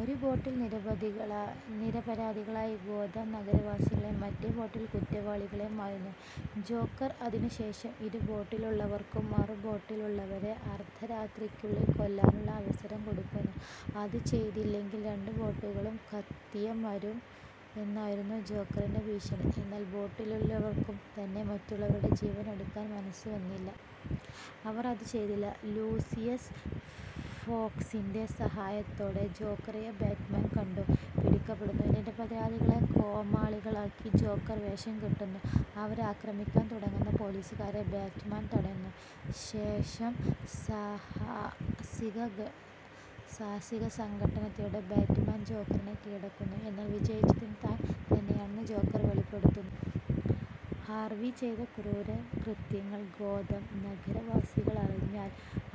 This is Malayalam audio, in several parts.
ഒരു ബോട്ടിൽ നിരപരാധികളായ ഗോതം നഗരവാസികളും മറ്റേ ബോട്ടിൽ കുറ്റവാളികളും ആയിരുന്നു. ജോക്കർ അതിനു ശേഷം ഇരു ബോട്ടിലുള്ളവർക്കും മറുബോട്ടിലുള്ളവരെ അർദ്ധരാത്രിക്കുള്ളിൽ കൊല്ലാനുള്ള അവസരം കൊടുക്കുന്നു. അതു ചെയ്തില്ലെങ്കിൽ രണ്ടു ബോട്ടുകളും കത്തിയമരും എന്നായിരുന്നു ജോക്കറിന്റെ ഭീഷണി. എന്നാൽ ബോട്ടിലുല്ലവർക്കർക്കും തന്നെ മറ്റുള്ളവരുടെ ജീവൻ എടുക്കാൻ മനസ്സ് വന്നില്ല. അവർ അതു ചെയ്തില്ല. ലൂസിയസ് ഫോക്സിന്റെ സഹായത്തോടെ ജോക്കറിനെ ബാറ്റ്മാൻ കണ്ടു പിടിക്കുന്നു. നിരപരാധികളെ കോമാളികളായി ജോക്കർ വേഷം കെട്ടിക്കുന്നു. അവരെ ആക്രമിക്കാൻ തുടങ്ങുന്ന പോലീസുകാരെ ബാറ്റ്മാൻ തടയുന്നു. ശേഷം സാഹസിക സംഘട്ടനത്തിലൂടെ ബാറ്റ്മാൻ ജോക്കറെ കീഴടക്കുന്നു. എന്നാൽ വിജയിച്ചതു താൻ തന്നെയാണെന്ന് ജോക്കർ വെളിപെടുത്തുന്നു. ഹാർവി ചെയ്ത ക്രൂരകൃത്യങ്ങൾ ഗോതം നഗരവാസികൾ അറിഞ്ഞാൽ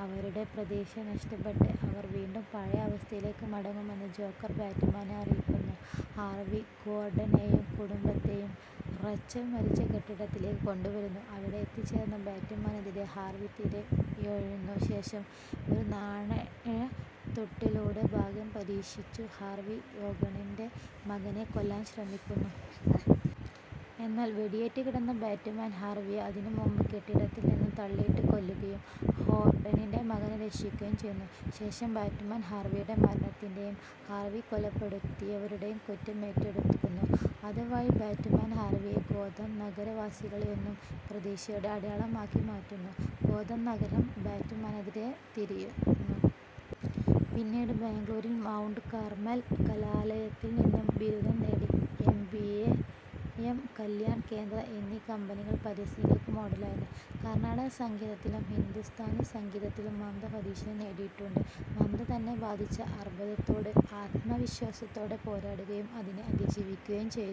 അവരുടെ പ്രതീക്ഷ നഷ്ടപ്പെട്ട് അവർ വീണ്ടും പഴയ അവസ്ഥയിലേക് മടങ്ങുമെന്ന് ജോക്കർ ബാറ്റ്മാനെ അറിയിക്കുന്നു. ഹാർവി ഗോർഡനെയും കുടുംബത്തെയും റെച്ചൽ മരിച്ച കെട്ടിടത്തിലേക്ക് കൊണ്ടുവരുന്നു. അവിടെ എത്തിച്ചേർന്ന ബാറ്റ്മാനെതിരെ ഹാർവി തിരയൊഴിക്കുന്നു. ശേഷം ഒരു നാണയതുട്ടിലൂടെ ഭാഗ്യം പരീക്ഷിച്ചു ഹാർവി ഗോർഡന്റെ മകനെ കൊല്ലാൻ ശ്രമിക്കുന്നു. എന്നാൽ വെടിയേറ്റ് കിടന്ന ബാറ്റ്മാൻ ഹർവിയെ അതിനു മുമ്പ് കെട്ടിടത്തിൽ നിന്ന് തള്ളിയിട്ടു കൊല്ലുകയും ഗോർഡന്റെ മകനെ രക്ഷിക്കുകയുംചെയ്യുന്നു. ശേഷം ബാറ്റ്മാൻ ഹാർവിയുടെ മരണത്തിന്റെയും ഹാർവി കൊലപെടുത്തിയവരുടെയും കുറ്റം ഏറ്റെടുക്കുന്നു. അതു വഴി ബാറ്റ്മാൻ ഹാർവിയെ ഗോതം നഗരവാസികൾക്ക് എന്നും പ്രതീക്ഷയുടെ അടയാളമാക്കി മാറ്റുന്നു. ഗോതം നഗരം ബാറ്റ്മാനെതിരെ തിരിയുന്നു. പിന്നീട് ബാംഗളൂരിൽ മൗണ്ട് കാർമൽ കലാലയത്തിൽ നിന്നു ബിരുദം നേടി. I. B. M, Kalyan Kendra എന്നീ കമ്പനികളുടെ പരസ്യങ്ങൾക്ക് മോഡലായിരുന്നു. കർണ്ണാട സംഗീതത്തിലും ഹിന്ദുസ്ഥാനി സംഗീതത്തിലും മംത പരിശീലനം നേടിയിട്ടുണ്ട്. മംത തന്നെ ബാധിച്ച അർബുദത്തോട് ആത്മവിശ്വാസത്തോടെ പോരാടുകയും അതിനെ അതിജീവിക്കുകയും ചെയ്തു.